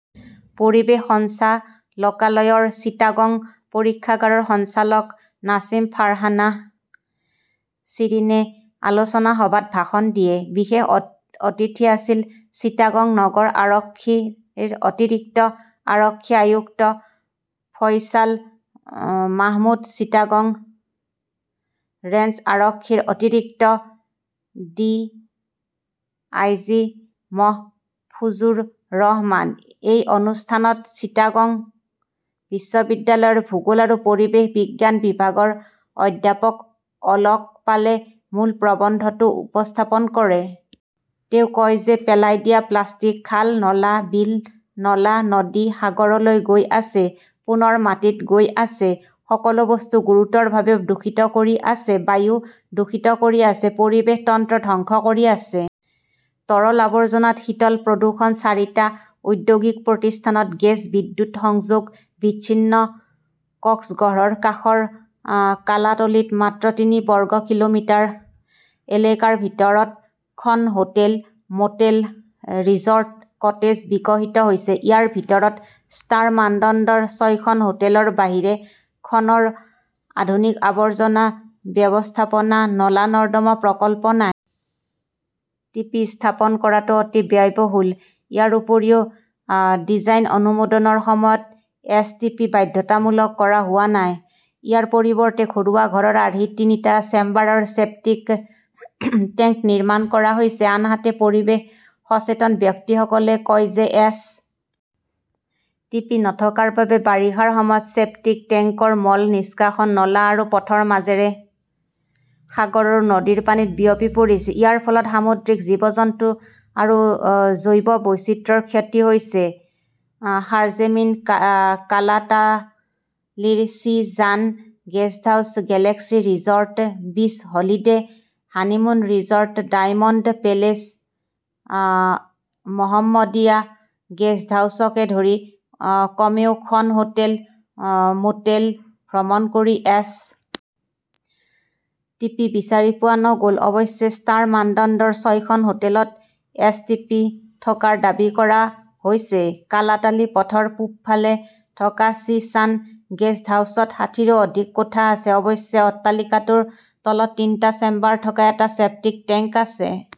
পৰিৱেশ সঞ্চালকালয়ৰ চিটাগং পৰীক্ষাগাৰৰ সঞ্চালক নাছিম ফাৰহানা শ্বিৰিনে আলোচনা সভাত ভাষণ দিয়ে। বিশেষ অতিথি আছিল চিটাগং নগৰ আৰক্ষীৰ অতিৰিক্ত আৰক্ষী আয়ুক্ত ফয়ছাল মাহমুদ, চিটাগং ৰেঞ্জ আৰক্ষীৰ অতিৰিক্ত ডিআইজি মহফুজুৰ ৰহমান। এই অনুষ্ঠানত চিটাগং বিশ্ববিদ্যালয়ৰ ভূগোল আৰু পৰিৱেশ বিজ্ঞান বিভাগৰ অধ্যাপক অলক পালে মূল প্ৰবন্ধটো উপস্থাপন কৰে। তেওঁ কয় যে পেলাই দিয়া প্লাষ্টিক খাল, নলা, বিল, নলা, নদী, সাগৰলৈ গৈ আছে। পুনৰ মাটিত গৈ আছে। সকলো বস্তু গুৰুতৰভাৱে দূষিত কৰি আছে। বায়ু দূষিত কৰি আছে। পৰিৱেশ তন্ত্ৰ ধ্বংস কৰি আছে। তৰল আৱৰ্জনাত শীতল প্ৰদূষণ, চাৰিটা ঔদ্যোগিক প্ৰতিষ্ঠানত গেছ, বিদ্যুৎ সংযোগ বিচ্ছিন্ন কক্সগড়ৰ কাষৰ কালাতলীত মাত্ৰ তিনি বৰ্গ কিলোমিটাৰ এলেকাৰ ভিতৰত খন হোটেল, ম'টেল, ৰিজৰ্ট, কটেজ বিকশিত হৈছে। ইয়াৰ ভিতৰত ষ্টাৰ মানদণ্ডৰ ছয়খন হোটেলৰ বাহিৰে খনৰ আধুনিক আৱৰ্জনা ব্যৱস্থাপনা নলা-নৰ্দমা প্ৰকল্প নাই। টি. পি. স্থাপন কৰাটো অতি ব্যয়বহুল। ইয়াৰ উপৰিও ডিজাইন অনুমোদনৰ সময়ত এছ. টি. পি. বাধ্যতামূলক কৰা হোৱা নাই। ইয়াৰ পৰিৱৰ্তে ঘৰুৱা ঘৰৰ আৰ্হিত তিনিটা চেম্বাৰৰ ছেপ্টিক টেংক নিৰ্মাণ কৰা হৈছে। আনহাতে, পৰিৱেশ সচেতন ব্যক্তিসকলে কয় যে এছ. টি. পি. নথকাৰ বাবে বাৰিষাৰ সময়ত ছেপ্টিক টেংকৰ মল নিষ্কাশন নলা আৰু পথৰ মাজেৰে সাগৰ আৰু নদীৰ পানীত বিয়পি পৰিছে। ইয়াৰ ফলত সামুদ্ৰিক জীৱ-জন্তু আৰু জৈৱ বৈচিত্ৰ্যৰ ক্ষতি হৈছে। সৰ্জেমিন কালাতালীৰ sea sun guesthouse Galaxy resort, বিচ holiday, honeymoon resort, diamond palace, Mohammadia গেষ্টহাউছকে ধৰি কমেও খন হোটেল, ম'টেল ভ্ৰমণ কৰি এছ. টি. পি. বিচাৰি পোৱা নগ'ল। অৱশ্যে, ষ্টাৰ মানদণ্ডৰ ছয়খন হোটেলত এছ. টি. পি. থকাৰ দাবী কৰা হৈছে। কালাতালি পথৰ পূব ফালে থকা চি ছান গেস্ট হাউচত ষাঠিৰো অধিক কোঠা আছে। অৱশ্যে, অট্টালিকাটোৰ তলত তিনিটা চেম্বাৰ থকা এটা ছেপ্টিক টেংক আছে।